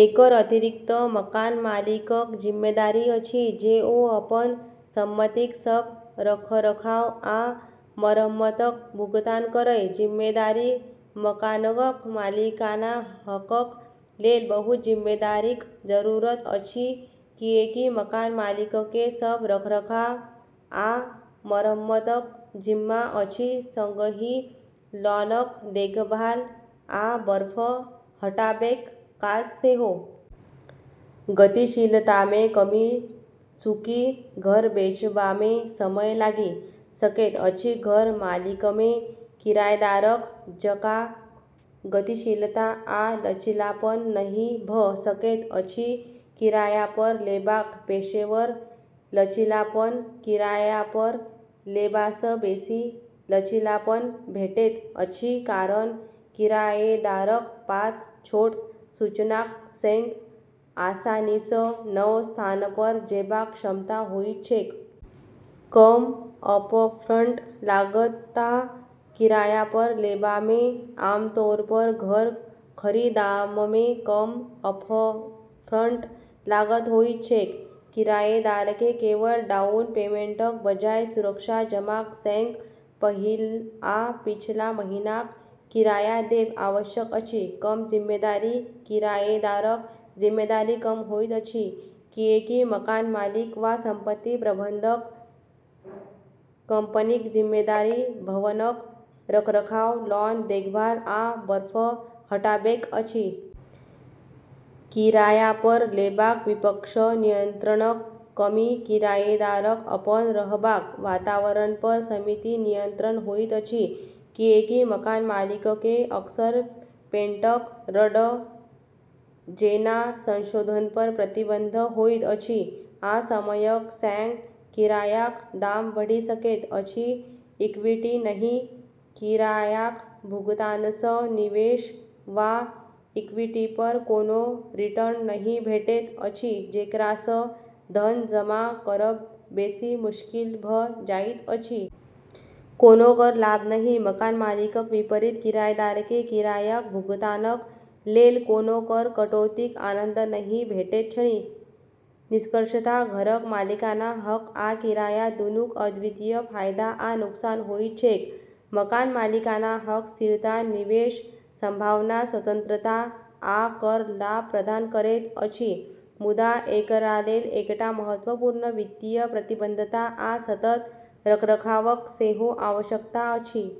एकर अतिरिक्त, मकान मालिकक जिम्मेदारी अछि जे ओ अपन सम्पतिक सभ रखरखाव आ मरम्मतक भुगतान करय। जिम्मेदारी: मकानक मालिकाना हकक लेल बहुत जिम्मेदारीक जरूरत अछि, किएकि मकान मालिककेँ सभ रखरखाव आ मरम्मतक जिम्मा अछि, सँगही लॉनक देखभाल आ बर्फ हटाबैक काज सेहो। गतिशीलतामे कमी: चूंकि घर बेचबामे समय लागि सकैत अछि, घर मालिकमे किरायदारक जकाँ गतिशीलता आ लचीलापन नहि भऽ सकैत अछि। किरायापर लेबाक पेशेवर: लचीलापन: किरायापर लेबासँ बेसी लचीलापन भेटैत अछि, कारण किरायेदारक पास छोट सूचनाक सँग आसानीसँ नव स्थानपर जेबाक क्षमता होइत छैक। कम अपफ्रन्ट लागत: किरायापर लेबामे आमतौरपर घर खरी दबामे कम अपफ्रन्ट लागत होइत छैक, किरायेदारकेँ केवल डाउन पेमेन्टक बजाय, सुरक्षा जमाक सँग पहिल आ पिछला महीनाक किराया देब आवश्यक अछि। कम जिम्मेदारी: किरायेदारक जिम्मेदारी कम होइत अछि, किएकि मकान मालिक वा सम्पति प्रबन्धन कम्पनीक जिम्मेदारी भवनक रखरखाव, लॉन देखभाल, आ बर्फ हटाबैक अछि। किरायापर लेबाक विपक्ष: नियन्त्रणक कमी: किरायेदारक अपन रहबाक वातावरणपर सीमित नियन्त्रण होइत अछि, किएकि मकान मालिककेँ अक्सर पेन्टक रङ्ग जेना संशोधनपर प्रतिबन्ध होइत अछि, आ समयक सँग किरायाक दाम बढ़ि सकैत अछि। इक्विटी नहि: किरायाक भुगतानसँ निवेश वा इक्विटीपर कोनो रिटर्न नहि भेटैत अछि, जेकरासँ धन जमा करब बेसी मुश्किल भऽ जाइत अछि। कोनो कर लाभ नहि: मकान मालिकक विपरीत किरायदारकेँ किरायाक भुगतानक लेल कोनो कर कटौतीक आनन्द नहि भेटैत छनि। निष्कर्षतः घरक मालिकाना हक आ किराया दूनूक अद्वितीय फायदा आ नुकसान होइत छैक। मकान मालिकाना हक स्थिरता, निवेश सम्भावना, स्वतन्त्रता, आ कर लाभ प्रदान करैत अछि, मुदा एकरालेल एकटा महत्वपूर्ण वित्तीय प्रतिबद्धता आ सतत रखरखावक सेहो आवश्यकता अछि।